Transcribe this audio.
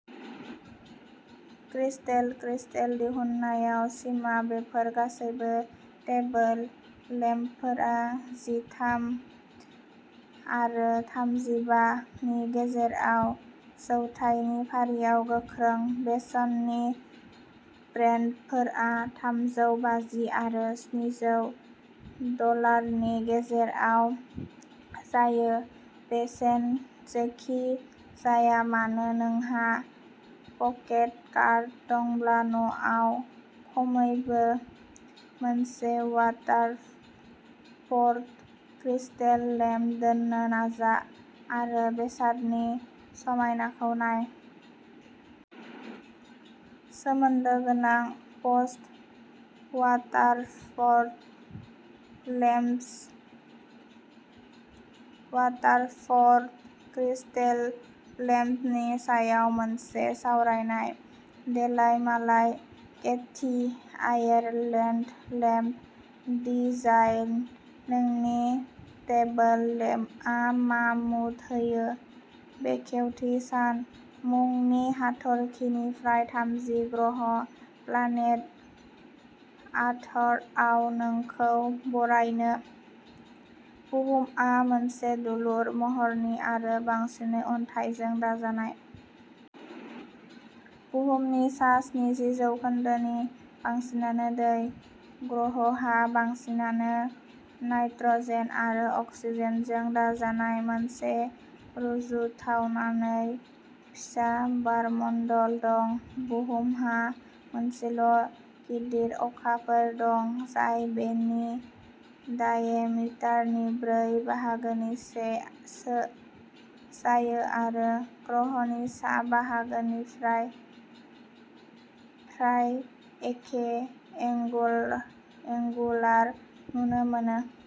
Crystal crystal दिहुन्नायाव सिमा बेफोर गासैबो टेबोल लेम्पफोरा जि थाम आरो थामजि बा नि गेजेराव जौथायनि फारियाव गोख्रों। बेसेननि ब्रेन्डफोरा थामजौ बाजि आरो स्निजौ डलारनि गेजेराव जायो। बेसेन जेखि जाया मानो, नोंहा पकेट कार्ड दंब्ला, न'आव खमैबो मोनसे वाटारफ'र्ड क्रिस्टेल लेम्प दोननो नाजा आरो बेसादनि समायनाखौ नाय। सोमोन्दो गोनां post "Waterford lamps, Waterford crystal लेम्पनि सायाव मोनसे सावरायनाय" देलायमालाय केथी आयारलेन्ड लेम्प्स डिजाइन, नोंनि टेबोल लेम्प्सआ मा मुड होयो? बेखेवथि सान मुंनि हाथरखिनिफ्राय थामथि ग्रह, प्लानेट आर्थआव नोंखौ बरायनो। बुहुमआ मोनसे दुलुर महरनि आरो बांसिनै अन्थाइजों दाजानाय। बुहुमनि सा स्निजि जौखोन्दोनि बांसिनानो दै। ग्रहहा बांसिनानो नाइट्र'जेन आरो अक्सिजेनजों दाजानाय मोनसे रुजुथावनायै फिसा बारमन्दल दं। बुहुमहा मोनसेल' गिदिर अखाफोर दं जाय बेनि डायामिटारनि ब्रै बाहागोनि से सो जायो आरो, ग्रहनि सा बाहागोनिफ्राय, फ्राय एखे एंगु एंगुलार नुनो मोनो।